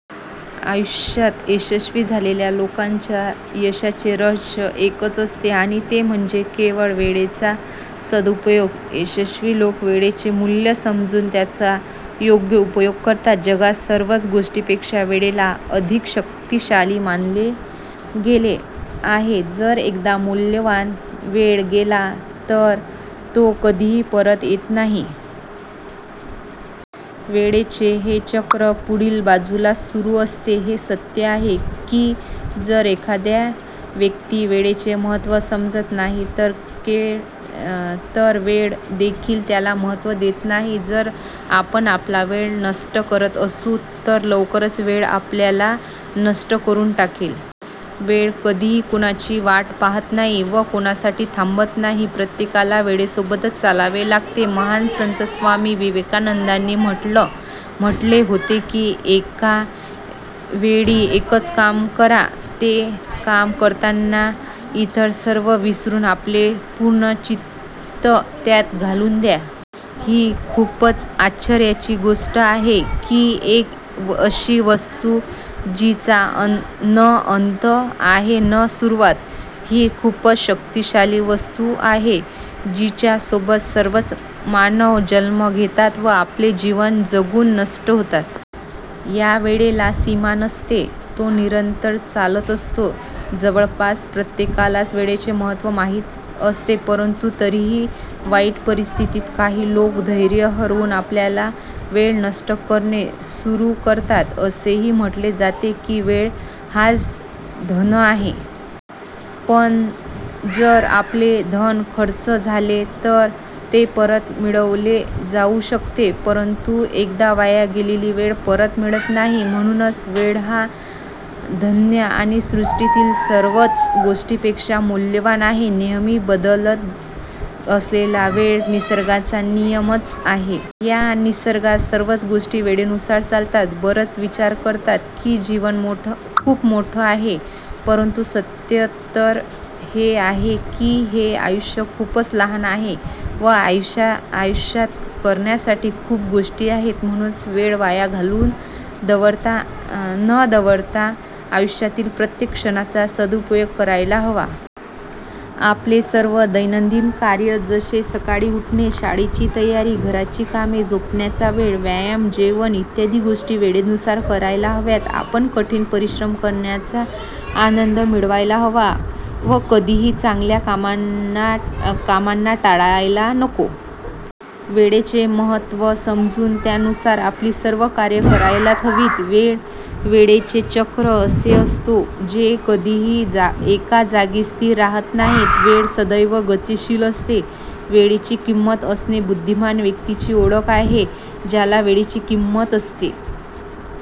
आयुष्यात यशस्वी झालेल्या लोकांच्या यशाचे रहस्य एकच असते आणि ते म्हणजे 'वेळेचा सदुपयोग'. यशस्वी लोक वेळेचे मूल्य समजून त्याचा योग्य उपयोग करतात. जगात सर्वच गोष्टींपेक्षा वेळेला अधिक शक्तीशाली मानले गेले आहे. जर एकदा मौल्यवान वेळ गेला तर तो कधीही परत येत नाही. वेळेचे हे चक्र पुढील बाजूलाच सुरू असते. हे सत्य आहे की जर एखादा व्यक्ती वेळेचे महत्त्व समजत नाही तर वेळ देखील त्याला महत्त्व देत नाही. जर आपण आपला वेळ नष्ट करत असू तर लवकरच वेळ आपल्याला नष्ट करून टाकेल. वेळ कधीही कोणाची वाट पाहत नाही व कोणासाठी थांबतही नाही. प्रत्येकाला वेळेसोबत चालावेच लागते. महान संत स्वामी विवेकानंदांनी म्हटले होते की "एका वेळी एकच काम करा, व ते काम करतांना इतर सर्व विसरून आपले पूर्ण चित्त त्यात लाऊन द्या. " ही खूपच आश्चर्याची गोष्ट आहे की एक अशी वस्तू जीचा न अंत आहे न सुरुवात, ही खूपच शक्तिशाली वस्तू आहे, जिच्या सोबत सर्वच मानव जन्म घेतात व आपले जीवन जगून नष्ट होतात. यावेळेला सीमा नसते, तो निरंतर चालत असतो. जवळपास प्रत्येकालाच वेळेचे महत्त्व माहीत असते परंतु तरीही वाईट परिस्थितीत काही लोक धैर्य हरवून आपला वेळ नष्ट करणे सुरू करतात. असेही म्हटले जाते की वेळ हाच धन आहे. पण जर आपले धन खर्च झाले तर ते परत मिळवले जाऊ शकते. परंतु एकदा वाया गेलेली वेळ परत मिळत नाही. म्हणूनच वेळ हा धन आणि सृष्टीतील सर्वच गोष्टींपेक्षा मौल्यवान आहे. नेहमी बदलत असलेला वेळ निसर्गाचा नियमच आहे. या निसर्गात सर्वच गोष्टी वेळेनुसार चालतात. बरेच विचार करतात की जीवन खूप मोठे आहे, परंतु सत्य तर हे आहे की हे आयुष्य खूपच लहान आहे व आयुष्यात करण्यासाठी खूपच गोष्टी आहेत. म्हणूनच वेळ वाया न दवडता आयुष्यातील प्रत्येक क्षणाचा सदुपयोग करायला हवा. आपले सर्व दैनंदिन कार्य जसे सकाळी उठणे, शाळेची तयारी, घराची कामे, झोपण्याचा वेळ, व्यायाम, जेवण इत्यादी गोष्टी वेळेनुसार करायला हव्यात. आपण कठीण परिश्रम करण्याचा आनंद मिळवायला हवा व कधीही चांगल्या कामांना टाळायला नको. वेळेचे महत्त्व समजून त्यानुसार आपली सर्व कार्य करायला हवीत. वेळ, वेळेचे चक्र असे असतो जे कधीही एका जागी स्थिर राहत नाही. वेळ सदैव गतिशिल असतो. वेळेची किंमत असणे बुद्धिमान व्यक्तीची ओळख आहे. ज्याला वेळेची किंमत असते.